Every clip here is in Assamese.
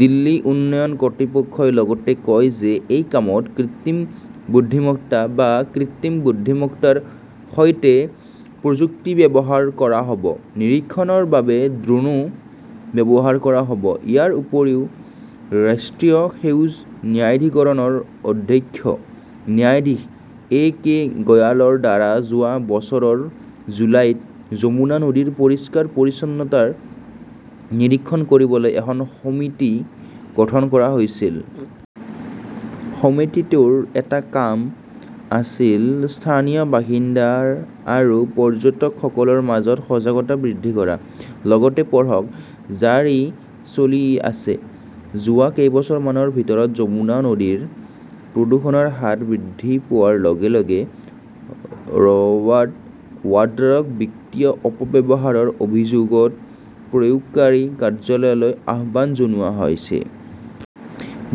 দিল্লী উন্নয়ন কৰ্তৃপক্ষই লগতে কয় যে এই কামত কৃত্ৰিম বুদ্ধিমত্তা বা কৃত্ৰিম বুদ্ধিমত্তাৰ সৈতে প্ৰযুক্তি ব্যৱহাৰ কৰা হ 'ব; নিৰীক্ষণৰ বাবে ড্ৰোনও ব্যৱহাৰ কৰা হ' ব। ইয়াৰ উপৰিও, ৰাষ্ট্ৰীয় সেউজ ন্যায়াধিকৰণৰ অধ্যক্ষ ন্যায়াধীশ এ কে গয়ালৰ দ্বাৰা যোৱা বছৰৰ জুলাইত যমুনা নদীৰ পৰিষ্কাৰ-পৰিচ্ছন্নতা নিৰীক্ষণ কৰিবলৈ এখন সমিতি গঠন কৰা হৈছিল। সমিতিটোৰ এটা কাম আছিল স্থানীয় বাসিন্দা আৰু পৰ্যটকসকলৰ মাজত সজাগতা বৃদ্ধি কৰা। লগতে পঢ়কঃ জাৰী চলি আছে, যোৱা কেইবছৰমানৰ ভিতৰত যমুনা নদীৰ প্ৰদূষণৰ হাৰ বৃদ্ধি পোৱাৰ লগে লগে ৰবাৰ্ট ৱাড্ৰাক বিত্তীয় অপব্যৱহাৰৰ অভিযোগত প্ৰয়োগকাৰী কাৰ্যালয়লৈ আহ্বান জনোৱা হৈছে।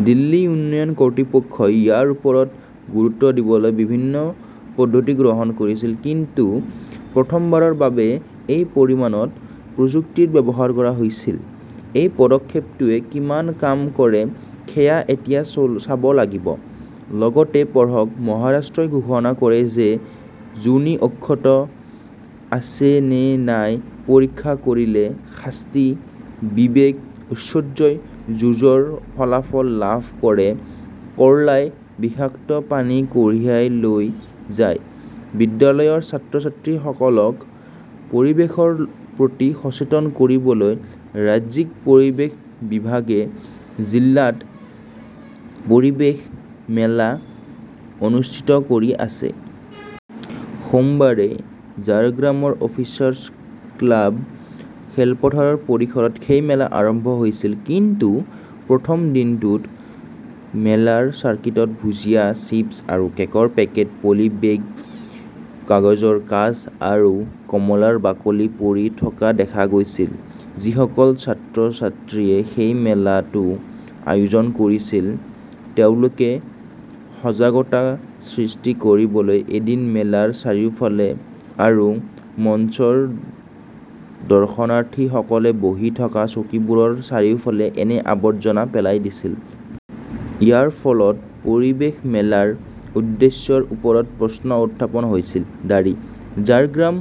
দিল্লী উন্নয়ন কৰ্তৃপক্ষই ইয়াৰ ওপৰত গুৰুত্ব দিবলৈ বিভিন্ন পদ্ধতি গ্ৰহণ কৰিছিল। কিন্তু প্ৰথমবাৰৰ বাবে এই পৰিমাণত প্ৰযুক্তিৰ ব্যৱহাৰ কৰা হৈছে। এই পদক্ষেপটোৱে কিমান কাম কৰে সেয়া এতিয়া চাব লাগিব। লগতে পঢ়কঃ মহাৰাষ্ট্ৰই ঘোষণা কৰে যে যোনি অক্ষত আছে নে নাই পৰীক্ষা কৰিলে শাস্তি, বিবেক-ঐশ্বৰ্যই যুঁজৰ ফলাফল লাভ কৰে কৰ্লাই বিষাক্ত পানী কঢ়িয়াই লৈ যায় বিদ্যালয়ৰ ছাত্ৰ-ছাত্ৰীসকলক পৰিৱেশৰ প্ৰতি সচেতন কৰিবলৈ ৰাজ্যিক পৰিৱেশ বিভাগে জিলাত পৰিৱেশ মেলা অনুষ্ঠিত কৰি আছে। সোমবাৰে ঝাৰগ্ৰামৰ অফিচাৰ্ছ ক্লাব খেলপথাৰৰ পৰিসৰত সেই মেলা আৰম্ভ হৈছিল। কিন্তু প্ৰথম দিনটোত মেলাৰ চাৰ্কিটত ভুজিয়া, চিপছ আৰু কেকৰ পেকেট, পলিব্যাগ, কাগজৰ কাঁচ আৰু কমলাৰ বাকলি পৰি থকা দেখা গৈছিল। যিসকল ছাত্ৰ-ছাত্ৰীয়ে এই মেলাটো আয়োজন কৰিছিল, তেওঁলোকে সজাগতা সৃষ্টি কৰিবলৈ এদিন মেলাৰ চাৰিওফালে আৰু মঞ্চৰ দৰ্শনাৰ্থীসকলে বহি থকা চকীবোৰৰ চাৰিওফালে এনে আৱৰ্জনা পেলাই দিছিল। ইয়াৰ ফলত পৰিৱেশ মেলাৰ উদ্দেশ্যৰ ওপৰত প্ৰশ্ন উত্থাপন হৈছে। ঝাৰগ্ৰাম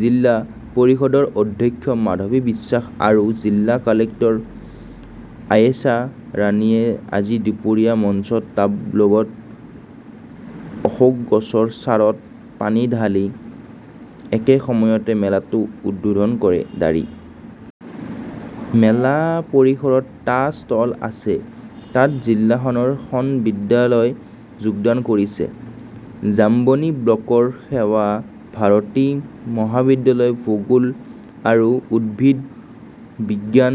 জিলা পৰিষদৰ অধ্যক্ষ মাধৱী বিশ্বাস আৰু জিলা কালেক্টৰ আয়েশা ৰাণীয়ে আজি দুপৰীয়া মঞ্চত টাবত লগোৱা অশোক গছৰ চাৰত পানী ঢালি একে সময়তে মেলাটো উদ্বোধন কৰে। মেলা পৰিসৰত টা ষ্টল আছে। তাত জিলাখনৰ খন বিদ্যালয় যোগদান কৰিছে। জাম্বনী ব্লকৰ সেৱা ভাৰতী মহাবিদ্যালয়ৰ ভূগোল আৰু উদ্ভিদ বিজ্ঞান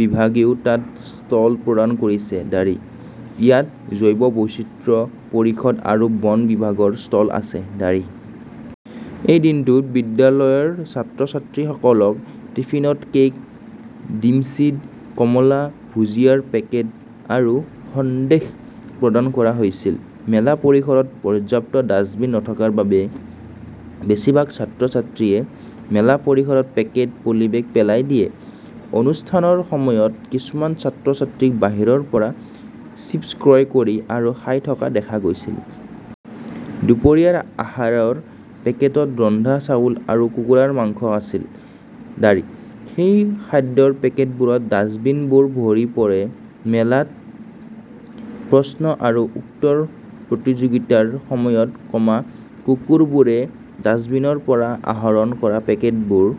বিভাগেও তাত ষ্টল প্ৰদান কৰিছিল। ইয়াত জৈৱ বৈচিত্ৰ্য পৰিষদ আৰু বন বিভাগৰ ষ্টল আছে। এই দিনটোত বিদ্যালয়ৰ ছাত্ৰ-ছাত্ৰীসকলক টিফিনত কেক, ডিমছিদ, কমলা, ভুজিয়াৰ পেকেট আৰু সন্দেশ প্ৰদান কৰা হৈছিল। মেলা পৰিসৰত পৰ্যাপ্ত ডাস্টবিন নথকাৰ বাবে বেছিভাগ ছাত্ৰ-ছাত্ৰীয়ে মেলা পৰিসৰত পেকেট, পলিবেগ পেলাই দিয়ে। অনুষ্ঠানৰ সময়ত কিছুমান ছাত্ৰ-ছাত্ৰীক বাহিৰৰ পৰা চিপ ক্ৰয় কৰি আৰু খাই থকা দেখা গৈছিল। দুপৰীয়াৰ আহাৰৰ পেকেটত ৰন্ধা চাউল আৰু কুকুৰাৰ মাংস আছিল। সেই খাদ্যৰ পেকেটবোৰত ডাষ্টবিনবোৰ ভৰি পৰে। মেলাত প্ৰশ্ন আৰু উত্তৰ প্ৰতিযোগিতাৰ সময়ত, কুকুৰবোৰে ডাস্টবিনৰ পৰা আহৰণ কৰা পেকেটবোৰ